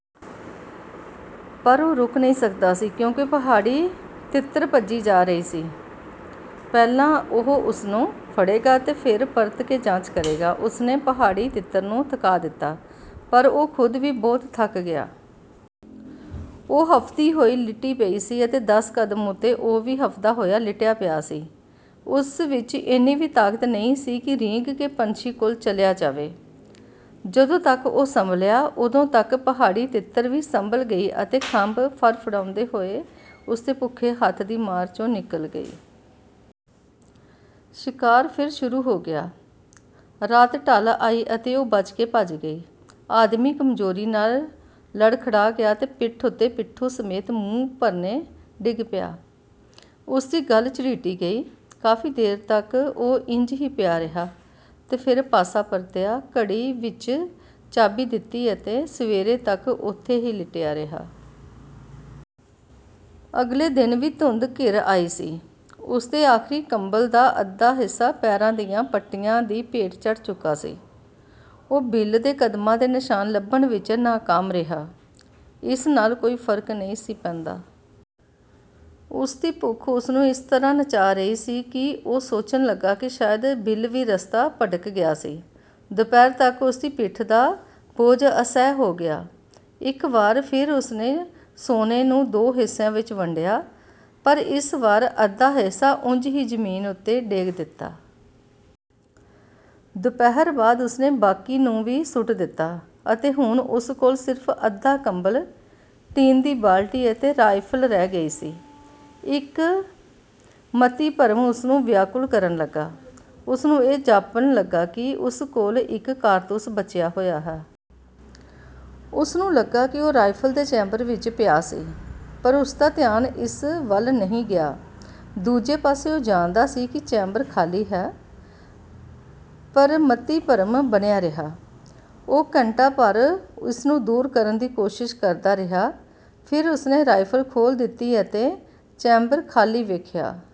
ਪਰ ਉਹ ਰੁਕ ਨਹੀਂ ਸਕਦਾ ਸੀ, ਕਿਉਂਕਿ ਪਹਾੜੀ ਤਿੱਤਰ ਭੱਜੀ ਜਾ ਰਹੀ ਸੀ। ਪਹਿਲਾਂ ਉਹ ਉਸਨੂੰ ਫੜੇਗਾ ਤੇ ਫਿਰ ਪਰਤ ਕੇ ਜਾਂਚ ਕਰੇਗਾ। ਉਸਨੇ ਪਹਾੜੀ ਤਿੱਤਰ ਨੂੰ ਥਕਾ ਦਿੱਤਾ, ਪਰ ਉਹ ਖੁਦ ਵੀ ਬਹੁਤ ਥੱਕ ਗਿਆ। ਉਹ ਹਫਦੀ ਹੋਈ ਲਿਟੀ ਪਈ ਸੀ ਤੇ ਦਸ ਕਦਮ ਉੱਤੇ ਉਹ ਵੀ ਹਫਦਾ ਹੋਇਆ ਲਿਟਿਆ ਪਿਆ ਸੀ। ਉਸ ਵਿੱਚ ਇੰਨੀ ਵੀ ਤਾਕਤ ਨਹੀਂ ਸੀ ਕਿ ਰੀਂਗ ਕੇ ਪੰਛੀ ਕੋਲ ਚਲਿਆ ਜਾਵੇ। ਜਦੋਂ ਤੱਕ ਉਹ ਸੰਭਲ਼ਿਆ, ਉਦੋਂ ਤੱਕ ਪਹਾੜੀ ਤਿੱਤਰ ਵੀ ਸੰਭਲ਼ ਗਈ ਅਤੇ ਖੰਭ ਫੜਫੜਾਉਂਦੇ ਹੋਏ ਉਸਦੇ ਭੁੱਖੇ ਹੱਥ ਦੀ ਮਾਰ 'ਚੋਂ ਨਿੱਕਲ਼ ਗਈ। ਸ਼ਿਕਾਰ ਫਿਰ ਸ਼ੁਰੂ ਹੋ ਗਿਆ। ਰਾਤ ਢਲ਼ ਆਈ ਤੇ ਉਹ ਬਚਕੇ ਭੱਜ ਗਈ। ਆਦਮੀ ਕਮਜ਼ੋਰੀ ਨਾਲ਼ ਲੜਖੜਾ ਗਿਆ ਤੇ ਪਿੱਠ ਉੱਤੇ ਪਿੱਠੂ ਸਮੇਤ ਮੂੰਹ ਪਰਨੇ ਡਿੱਗ ਪਿਆ। ਉਸਦੀ ਗੱਲ੍ਹ ਝਰੀਟੀ ਗਈ। ਕਾਫ਼ੀ ਦੇਰ ਤੱਕ ਉਹ ਇੰਝ ਹੀ ਪਿਆ ਰਿਹਾ ਤੇ ਫਿਰ ਪਾਸਾ ਪਰਤਿਆ, ਘੜੀ ਵਿੱਚ ਚਾਬੀ ਦਿੱਤੀ ਅਤੇ ਸਵੇਰੇ ਤੱਕ ਉਥੇ ਹੀ ਲਿਟਿਆ ਰਿਹਾ। ਅਗਲੇ ਦਿਨ ਵੀ ਧੁੰਦ ਘਿਰ ਆਈ ਸੀ। ਉਸਦੇ ਆਖਰੀ ਕੰਬਲ ਦਾ ਅੱਧਾ ਹਿੱਸਾ ਪੈਰਾਂ ਦੀਆਂ ਪੱਟੀਆਂ ਦੀ ਭੇਂਟ ਚੜ੍ਹ ਚੁੱਕਾ ਸੀ। ਉਹ ਬਿਲ ਦੇ ਕਦਮਾਂ ਦੇ ਨਿਸ਼ਾਨ ਲੱਭਣ ਵਿੱਚ ਨਾਕਾਮ ਰਿਹਾ। ਇਸ ਨਾਲ਼ ਕੋਈ ਫਰਕ ਨਹੀਂ ਸੀ ਪੈਂਦਾ। ਉਸਦੀ ਭੁੱਖ ਉਸਨੂੰ ਇਸ ਤਰ੍ਹਾਂ ਨਚਾ ਰਹੀ ਸੀ ਕਿ ਉਹ ਸੋਚਣ ਲੱਗਾ ਕਿ ਸ਼ਾਇਦ ਬਿਲ ਵੀ ਰਸਤਾ ਭਟਕ ਗਿਆ ਸੀ। ਦੁਪਹਿਰ ਤੱਕ ਉਸਦੀ ਪਿੱਠ ਦਾ ਬੋਝ ਅਸਹਿ ਹੋ ਗਿਆ। ਇੱਕ ਵਾਰ ਫਿਰ ਉਸਨੇ ਸੋਨੇ ਨੂੰ ਦੋ ਹਿੱਸਿਆਂ ਵਿੱਚ ਵੰਡਿਆ, ਪਰ ਇਸ ਵਾਰ ਅੱਧਾ ਹਿੱਸਾ ਉਂਝ ਹੀ ਜ਼ਮੀਨ ਉੱਤੇ ਡੇਗ ਦਿੱਤਾ। ਦੁਪਹਿਰ ਬਾਅਦ ਉਸਨੇ ਬਾਕੀ ਨੂੰ ਵੀ ਸੁੱਟ ਦਿੱਤਾ ਅਤੇ ਹੁਣ ਉਸ ਕੋਲ਼ ਸਿਰਫ ਅੱਧਾ ਕੰਬਲ, ਟੀਨ ਦੀ ਬਾਲਟੀ ਅਤੇ ਰਾਇਫਲ ਰਹਿ ਗਈ ਸੀ। ਇੱਕ ਮਤੀਭਰਮ ਉਸਨੂੰ ਵਿਆਕੁਲ ਕਰਨ ਲੱਗਾ। ਉਸਨੂੰ ਇਹ ਜਾਪਣ ਲੱਗਾ ਕਿ ਉਸ ਕੋਲ਼ ਇੱਕ ਕਾਰਤੂਸ ਬਚਿਆ ਹੋਇਆ ਹੈ। ਉਸਨੂੰ ਲੱਗਾ ਕਿ ਉਹ ਰਾਇਫਲ ਦੇ ਚੈਂਬਰ ਵਿੱਚ ਪਿਆ ਸੀ ਪਰ ਉਸਦਾ ਧਿਆਨ ਇਸ ਵੱਲ ਨਹੀਂ ਗਿਆ। ਦੂਜੇ ਪਾਸੇ, ਉਹ ਜਾਣਦਾ ਸੀ ਕਿ ਚੈਂਬਰ ਖਾਲੀ ਹੈ। ਪਰ ਮਤੀਭਰਮ ਬਣਿਆ ਰਿਹਾ। ਉਹ ਘੰਟਾ ਭਰ ਇਸਨੂੰ ਦੂਰ ਕਰਨ ਦੀ ਕੋਸ਼ਿਸ਼ ਕਰਦਾ ਰਿਹਾ, ਫਿਰ ਉਸਨੇ ਰਾਇਫਲ ਖੋਲ੍ਹ ਦਿੱਤੀ ਅਤੇ ਚੈਂਬਰ ਖਾਲੀ ਵੇਖਿਆ।